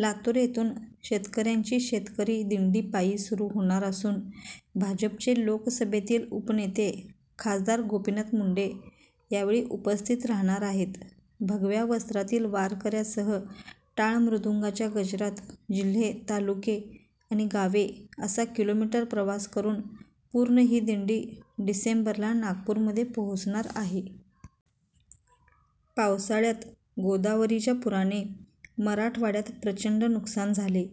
लातूर येथून शेतकऱ्यांची शेतकरी दिण्डी पायी सुरू होणार असून भाजपचे लोकसभेतील उपनेते खा. गोपीनाथ मुंडे यावेळी उपस्थित रहाणार आहेत. भगव्या वस्त्रातील वारकऱ्यांसह टाळ मृदुंगाच्या गजरात जिल्हे, तालुके आणि गावे असा किलोमीटर प्रवास पूर्ण करून ही दिंडी डिसेंबरला नागपूरमध्ये पोहोचणार आहे. पावसाळ्यात गोदावरीच्या पुराने मराठवाड्यात प्रचण्ड नुकसान झाले.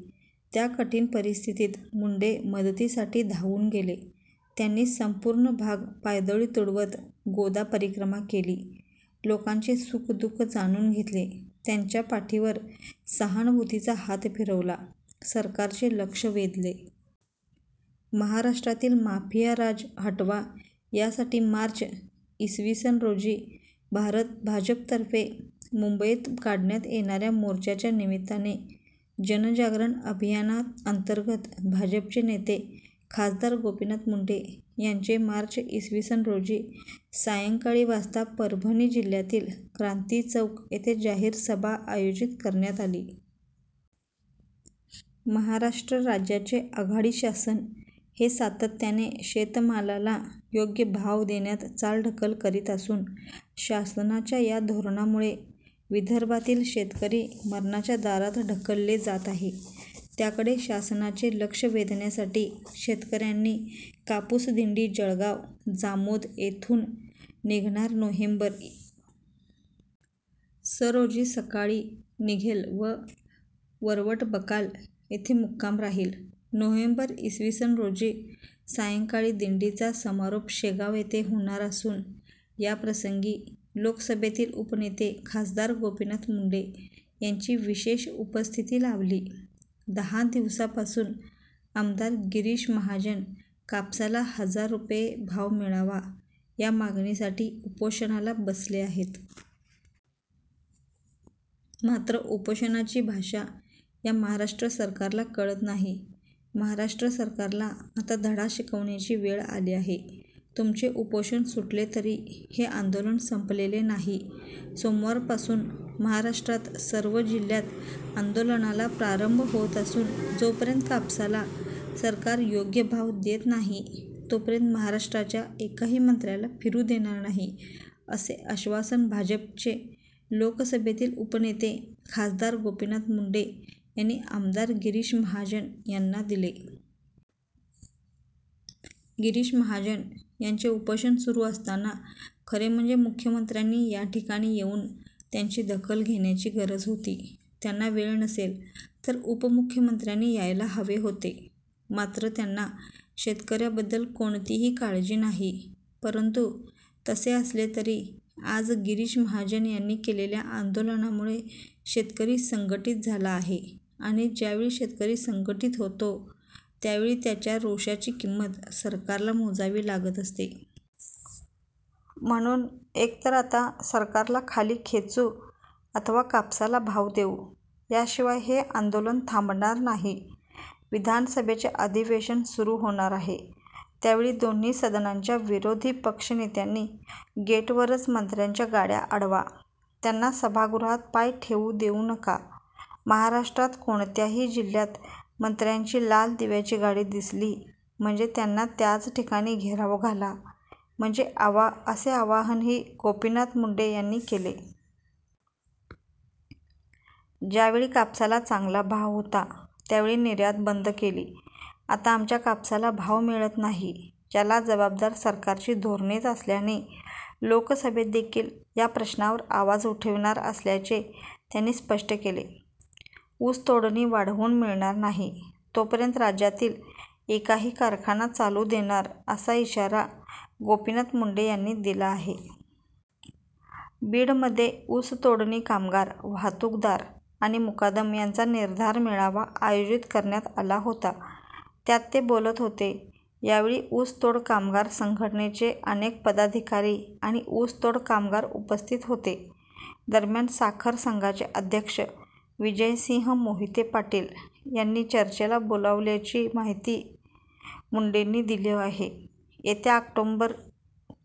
त्या कठिण परिस्थितीत मुंडे मतदीसाठी धावून गेले. त्यांनी सम्पूर्ण भाग पायदळी तुडवत 'गोदा परिक्रमा' केली. लोकांचे सुखदुःख जाणून घेतले, त्यांच्या पाठीवर सहानुभूतीचा हात फिरवला, सरकारचे लक्ष वेधले. महाराष्ट्रातील माफिया राज हटवा यासाठी मार्च इ. स. रोजी भाजपतर्फे मुम्बईत काढण्यात येणाऱ्या मोर्चाच्या निमित्ताने जनजागरण अभियानाअंतर्गत भाजपचे नेते खासदार गोपीनाथ मुंडे यांचे मार्च इ. स. रोजी सायंकाळी वाजता परभणी जिल्ह्यातील क्रान्ती चौक येथे जाहीर सभा आयोजित करण्यात आली. महाराष्ट्र राज्याचे आघाडी शासन हे सातत्याने शेतमालाला योग्य भाव देण्यात चालढकल करीत असून, शासनाच्या या धोरणामुळे विदर्भातील शेतकरी मरणाच्या दारात ढकलले जात आहे. त्याकडे शासनाचे लक्ष वेधण्यासाठी शेतकऱ्यांची कापूस दिण्डी जळगाव जामोद येथून निघणार नोव्हेम्बर इ. स. रोजी सकाळी. निघेल व वरवट बकाल येथे मुक्काम राहील. नोव्हेम्बर इ. स. रोजी सायंकाळी. दिण्डीचा समारोप शेगाव येथे होणार असून, याप्रसंगी लोकसभेतील उपनेते खासदार गोपीनाथ मुंडे यांची विशेष उपस्थिती लाभली.। दहा दिवसांपासून आमदार गिरीश महाजन कापसाला हजार रुपये भाव मिळावा या मागणीसाठी उपोषणाला बसले आहेत. मात्र उपोषणाची भाषा या महाराष्ट्र सरकारला कळत नाही. महाराष्ट्र सरकारला आता धडा शिकविण्याची वेळ आली आहे. तुमचे उपोषण सुटले तरी हे आन्दोलन सम्पलेले नाही. सोमवारपासून महाराष्ट्रात सर्व जिल्ह्यात आन्दोलनाला प्रारम्भ होत असून, जोपर्यंत कापसाला सरकार योग्य भाव देत नाही, तोपर्यंत महाराष्ट्राच्या एकाही मंत्र्याला फिरू देणार नाही, असे आश्वासन भाजपचे लोकसभेतील उपनेते खासदार गोपीनाथ मुंडे यांनी आमदार गिरीश महाजन यांना दिले. गिरीश महाजन यांचे उपोषण सुरू असताना खरे म्हणजे मुख्यमंत्र्यांनी या ठिकाणी येऊन त्याची दखल घेण्याची गरज होती. त्यांना वेळ नसेल, तर उपमुख्यमंत्र्यांनी यायला हवे होते. मात्र त्यांना शेतकऱ्यांबद्दल कोणतीही काळजी नाही. परंतु तसे असले तरी आज गिरीश महाजन यांनी केलेल्या आन्दोलनामुळे शेतकरी संघटित झाला आहे आणि ज्यावेळी शेतकरी संघटित होतो त्यावेळी त्याच्या रोषाची किंमत सरकारला मोजावी लागत असते. म्हणून एक तर आता 'सरकारला खाली खेचू अथवा कापसाला भाव घेऊ' याशिवाय हे आन्दोलन थाम्बणार नाही. विधानसभेचे अधिवेशन सुरू होणार आहे. त्यावेळी दोन्ही सदनांच्या विरोधी पक्षनेत्यांनी गेटवरच मंत्र्यांच्या गाड्या अडवा. त्यांना सभागृहात पाय ठेवू देवू नका, महाराष्ट्रभरात कोणत्याही जिल्ह्यात मंत्र्यांची लाल दिव्याची गाडी दिसली म्हणजे त्यांना त्याच ठिकाणी घेराव घाला असे आवाहनही गोपीनाथ मुंडे यांनी केले. ज्यावेळी कापसाला चांगला भाव होता त्यावेळी निर्यात बन्द केली. आता आमच्या कापसाला भाव मिळत नाही. याला जबाबदार सरकारची धोरणेच असल्याने लोकसभेतदेखील या प्रश्नावर आवाज उठविणार असल्याचे त्यांनी स्पष्ट केले. ऊस तोडणी वाढवून मिळणार नाहीं तो पर्यंत राज्यातील एका ही कारखाना चालू देणार असा इशारा गोपीनाथ मुंडे यांनी दिला आहे. बीडमध्ये ऊस तोडणी कामगार, वाहतूकदार आणि मुकादम यांचा निर्धार मेळावा आयोजित करण्यात आला होता. त्यात ते बोलत होते, या वेळी ऊस तोड कामगार संघटनेचे अनेक पदाधिकारी आणि ऊसतोड कामगार उपस्थित होते. दरम्यान, साखर संघाचे अध्यक्ष विजयसिंह मोहिते-पाटील यांनी चर्चेला बोलावल्याची माहिती मुंडेंनी दिली आहे. येत्या ऑक्टोबर, इ.